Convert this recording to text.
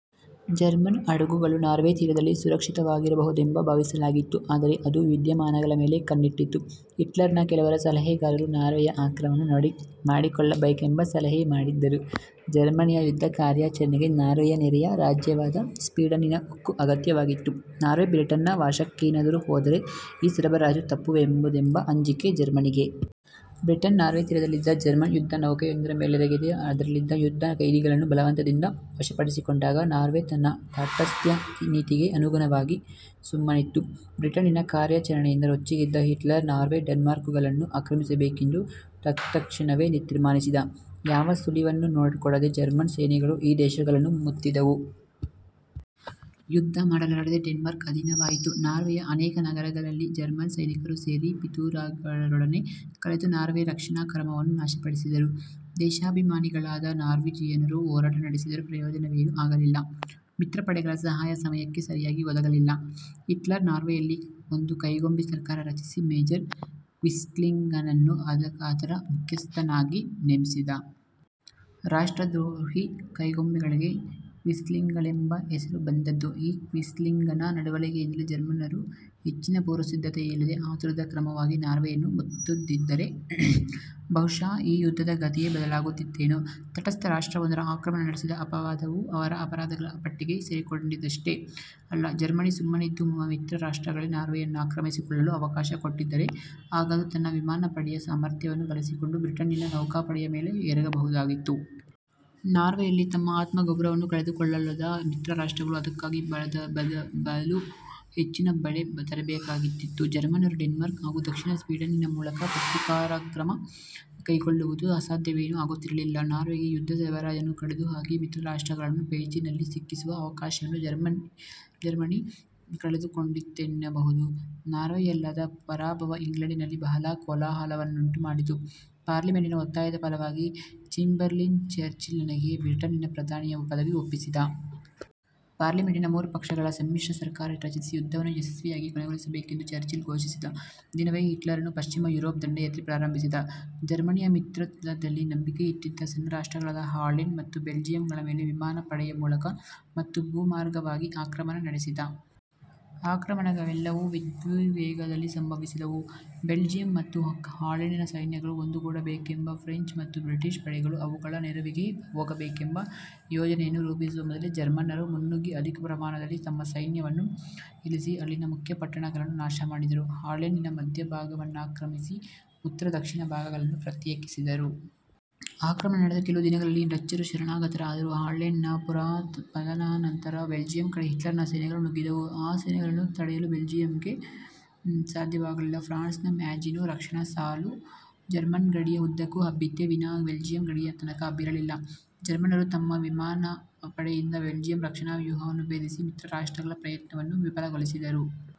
German ಹಡಗುಗಳು Norway ತೀರದಲ್ಲಿ ಸುರಕ್ಷಿತವಾಗಿರಬಹುದೆಂದು ಭಾವಿಸಲಾಗಿತ್ತು. ಆದರೆ ಅದು ವಿದ್ಯಮಾನಗಳ ಮೇಲೆ ಕಣ್ಣಿಟ್ಟಿತ್ತು. ಹಿಟ್ಲರನ ಕೆಲವರು ಸಲಹೆಗಾರರು ನಾರ್ವೆಯ ಆಕ್ರಮಣ ಮಾಡಿಕೊಳ್ಳಬೇಕೆಂದು ಸಲಹೆ ಮಾಡಿದ್ದರು. ಜರ್ಮನಿಯ ಯುದ್ಧಕಾರ್ಯಾಚರಣೆಗೆ ನಾರ್ವೆಯ ನೆರೆಯ ರಾಜ್ಯವಾದ ಸ್ಪೀಡನ್ನಿನ ಉಕ್ಕು ಅಗತ್ಯವಾಗಿತ್ತು. ನಾರ್ವೆ ಬ್ರಿಟನ್ನ ವಶಕ್ಕೇನಾದರೂ ಹೋದರೆ ಈ ಸರಬರಾಜು ತಪ್ಪುವುದೆಂಬ ಅಂಜಿಕೆ ಜರ್ಮನಿಗೆ. ಬ್ರಿಟನ್ ನಾರ್ವೆ ತೀರದಲ್ಲಿದ್ದ ಜರ್ಮನ್ ಯುದ್ಧ ನೌಕೆಯೊಂದರ ಮೇಲೆರಗಿ ಅದರಲ್ಲಿದ್ದ ಯುದ್ಧ ಖೈದಿಗಳನ್ನು ಬಲವಂತದಿಂದ ವಶಪಡಿಸಿಕೊಂಡಾಗ ನಾರ್ವೆ ತನ್ನ ತಾಟಸ್ಥ್ಯ ನೀತಿಗೆ ಅನುಗುಣವಾಗಿ ಸುಮ್ಮನಿತ್ತು. ಬ್ರಿಟನ್ನಿನ ಕಾರ್ಯಾಚರಣೆಯಿಂದ ರೊಚ್ಚಿಗೆದ್ದ ಹಿಟ್ಲರ್ ನಾರ್ವೆ ಡೆನ್ಮಾರ್ಕುಗಳನ್ನು ಆಕ್ರಮಿಸಬೇಕೆಂದು ತತ್ಕ್ಷಣವೇ ತೀರ್ಮಾನಿಸಿದ. ಯಾವ ಸುಳಿವನ್ನೂ ಕೊಡದೆ ಜರ್ಮನ್ ಸೇನೆಗಳು ಈ ದೇಶಗಳನ್ನು ಮುತ್ತಿದವು. ಯುದ್ಧ ಮಾಡಲಾರದೆ ಡೆನ್ಮಾರ್ಕ್ ಅಧೀನವಾಯಿತು. ನಾರ್ವೆಯ ಅನೇಕ ನಗರಗಳಲ್ಲಿ ಜರ್ಮನ್ ಸೈನಿಕರು ಸೇರಿ ಪಿತೂರಿಗಾರರೊಡನೆ ಕಲೆತು ನಾರ್ವೆಯ ರಕ್ಷಣಾಕ್ರಮವನ್ನು ನಾಶಪಡಿಸಿದರು. ದೇಶಾಭಿಮಾನಿಗಳಾದ ನಾರ್ವೀಜಿಯನರು ಹೋರಾಟ ನಡೆಸಿದರೂ ಪ್ರಯೋಜನವೇನೂ ಆಗಲಿಲ್ಲ. ಮಿತ್ರಪಡೆಗಳ ಸಹಾಯ ಸಮಯಕ್ಕೆ ಸರಿಯಾಗಿ ಒದಗಲಿಲ್ಲ. ಹಿಟ್ಲರ್ ನಾರ್ವೆಯಲ್ಲಿ ಒಂದು ಕೈಗೊಂಬೆ ಸರ್ಕಾರ ರಚಿಸಿ ಮೇಜರ್ ಕ್ವಿಸ್ಲಿಂಗನನ್ನು ಅದರ ಮುಖ್ಯಸ್ಥನ್ನಾಗಿ ನೇಮಿಸಿದ. ರಾಷ್ಟ್ರದ್ರೋಹಿ ಕೈಗೊಂಬೆಗಳಿಗೆ ಕ್ವಿಸ್ಲಿಂಗ್ಗಳೆಂಬ ಹೆಸರು ಬಂದದ್ದು ಈ ಕ್ವಿಸ್ಲಿಂಗನ ನಡೆವಳಿಕೆಯಿಂದಲೇ. ಜರ್ಮನ್ನರು ಹೆಚ್ಚಿನ ಪುರ್ವಸಿದ್ದತೆಯಿಲ್ಲದೆ ಆತುರದ ಕ್ರಮವಾಗಿ ನಾರ್ವೆಯನ್ನು ಮುತ್ತದಿದ್ದರೆ ಬಹುಶಃ ಈ ಯುದ್ಧದ ಗತಿಯೇ ಬದಲಾಗುತ್ತಿತ್ತೇನೋ. ತಟಸ್ಥ ರಾಷ್ಟ್ರವೊಂದರ ಆಕ್ರಮಣ ನಡೆಸಿದ ಅಪವಾದವೂ ಅವರ ಅಪರಾಧಗಳ ಪಟ್ಟಿಗೆ ಸೇರಿಕೊಂಡಿದ್ದಷ್ಟೇ ಅಲ್ಲ: ಜರ್ಮನಿ ಸುಮ್ಮನಿದ್ದು ಮಿತ್ರ ರಾಷ್ಟ್ರಗಳೇ ನಾರ್ವೆಯನ್ನಾಕ್ರಮಿಸಿಕೊಳ್ಳಲು ಅವಕಾಶ ಕೊಟ್ಟಿದ್ದರೆ ಆಗ ಅದು ತನ್ನ ವಿಮಾನಪಡೆಯ ಸಾಮರ್ಥ್ಯವನ್ನು ಬಳಸಿಕೊಂಡು ಬ್ರಿಟನ್ನಿನ ನೌಕಾಪಡೆಯ ಮೇಲೆ ಎರಗಬಹುದಾಗಿತ್ತು. ನಾರ್ವೆಯಲ್ಲಿ ತಮ್ಮ ಆತ್ಮಗೌರವವನ್ನೂ ಕಳೆದುಕೊಳ್ಳಲೊಲ್ಲದ ಮಿತ್ರರಾಷ್ಟ್ರಗಳು ಅದಕ್ಕಾಗಿ ಬಲು ಹೆಚ್ಚಿನ ಬೆಲೆ ತೆರಬೇಕಾಗುತ್ತಿತ್ತು. ಜರ್ಮನ್ನರು ಡೆನ್ಮಾರ್ಕ್ ಹಾಗೂ ದಕ್ಷಿಣ ಸ್ಪೀಡನಿನ ಮೂಲಕ ಪ್ರತೀಕಾರಕ್ರಮ ಕೈಕೊಳ್ಳುವುದು ಅಸಾಧ್ಯವೇನೂ ಆಗುತ್ತಿರಲಿಲ್ಲ. ನಾರ್ವೆಗೆ ಯುದ್ಧ ಸರಬರಾಜನ್ನು ಕಡಿದುಹಾಕಿ ಮಿತ್ರರಾಷ್ಟ್ರಗಳನ್ನು ಪೇಚಿನಲ್ಲಿ ಸಿಕ್ಕಿಸುವ ಅವಕಾಶವನ್ನು ಜರ್ಮನಿ ಕಳೆದುಕೊಂಡಿತೆನ್ನಬಹುದು. ನಾರ್ವೆಯಲ್ಲಾದ ಪರಾಭವ ಇಂಗ್ಲೆಂಡಿನಲ್ಲಿ ಬಹಳ ಕೋಲಾಹಲವನ್ನುಂಟು ಮಾಡಿತು, ಪಾರ್ಲಿಮೆಂಟಿನ ಒತ್ತಾಯದ ಫಲವಾಗಿ ಚೇಂಬರ್ಲಿನ್ ಚರ್ಚಿಲನಿಗೆ ಬ್ರಿಟನ್ನಿನ ಪ್ರಧಾನಿಯ ಪದವಿ ಒಪ್ಪಿಸಿದ. ಪಾರ್ಲಿಮೆಂಟಿನ ಮೂರು ಪಕ್ಷಗಳ ಸಮ್ಮಿಶ್ರ ಸರ್ಕಾರ ರಚಿಸಿ, ಯುದ್ಧವನ್ನು ಯಶಸ್ವಿಯಾಗಿ ಕೊನೆಗೊಳಿಸಬೇಕೆಂದು ಚರ್ಚಿಲ್ ಫೋಷಿಸಿದ ದಿನವೇ ಹಿಟ್ಲರನೂ ಪಶ್ಚಿಮ ಯುರೋಪ್ ದಂಡಯಾತ್ರೆ ಪ್ರಾರಂಭಿಸಿದ. ಜರ್ಮನಿಯ ಮಿತ್ರತ್ವದಲ್ಲಿ ನಂಬಿಕೆ ಇಟ್ಟಿದ್ದ ಸಣ್ಣ ರಾಷ್ಟ್ರಗಳಾದ ಹಾಲೆಂಡ್ ಮತ್ತು ಬೆಲ್ಜಿಯಂ ಗಳ ಮೇಲೆ ವಿಮಾನ ಪಡೆಯ ಮೂಲಕ ಮತ್ತು ಭೂಮಾರ್ಗವಾಗಿ ಆಕ್ರಮಣ ನಡೆಸಿದ. ಆಕ್ರಮಣವೆಲ್ಲವೂ ವಿದ್ಯುದ್ವೇಗದಲ್ಲಿ ಸಂಭವಿಸಿದವು. ಬೆಲ್ಜಿಯಂ ಮತ್ತು ಹಾಲೆಂಡಿನ ಸೈನ್ಯಗಳು ಒಂದುಗೂಡಬೇಕೆಂಬ, ಫ್ರೆಂಚ್ ಮತ್ತು ಬ್ರಿಟಿಷ್ ಪಡೆಗಳು ಅವುಗಳ ನೆರವಿಗೆ ಹೋಗಬೇಕೆಂಬ ಯೋಜನೆಯನ್ನು ರೂಪಿಸುವ ಮೊದಲೇ ಜರ್ಮನ್ನರು ಮುನ್ನುಗ್ಗಿ ಅಧಿಕ ಪ್ರಮಾಣದಲ್ಲಿ ತಮ್ಮ ಸೈನ್ಯವನ್ನು ಇಳಿಸಿ ಅಲ್ಲಿನ ಮುಖ್ಯಪಟ್ಟಣಗಳನ್ನು ನಾಶಮಾಡಿದರು; ಹಾಲೆಂಡಿನ ಮಧ್ಯಭಾಗವನ್ನಾಕ್ರಮಿಸಿ ಉತ್ತರ ದಕ್ಷಿಣಭಾಗಗಳನ್ನು ಪ್ರತ್ಯೇಕಿಸಿದರು. ಆಕ್ರಮಣ ನಡೆದ ಕೆಲವು ದಿನಗಳಲ್ಲಿ ಡಚ್ಚರು ಶರಣಾಗತರಾದರು. ಹಾಲೆಂಡ್ನ ಪತನಾನಂತರ ಬೆಲ್ಜಿಯಂ ಕಡೆ ಹಿಟ್ಲರನ ಸೇನೆಗಳು ನುಗ್ಗಿದವು. ಆ ಸೇನೆಗಳನ್ನು ತಡೆಯಲು ಬೆಲ್ಜಿಯಂಗೆ ಸಾಧ್ಯವಾಗಲಿಲ್ಲ. ಫ್ರಾನ್ಸ್ನ ಮ್ಯಾಜಿನೊ ರಕ್ಷಣಾ ಸಾಲು ಜರ್ಮನ್ ಗಡಿಯ ಉದ್ದಕ್ಕೂ ಹಬ್ಬಿತ್ತೇ ವಿನಾ ಬೆಲ್ಜಿಯಂ ಗಡಿಯತನಕ ಹಬ್ಬಿರಲಿಲ್ಲ. ಜರ್ಮನ್ನರು ತಮ್ಮ ವಿಮಾನ ಪಡೆಯಿಂದ ಬೆಲ್ಜಿಯಂ ರಕ್ಷಣಾ ವ್ಯೂಹವನ್ನು ಭೇದಿಸಿ, ಮಿತ್ರರಾಷ್ಟ್ರಗಳ ಪ್ರಯತ್ನವನ್ನು ವಿಫಲಗೊಳಿಸಿದರು.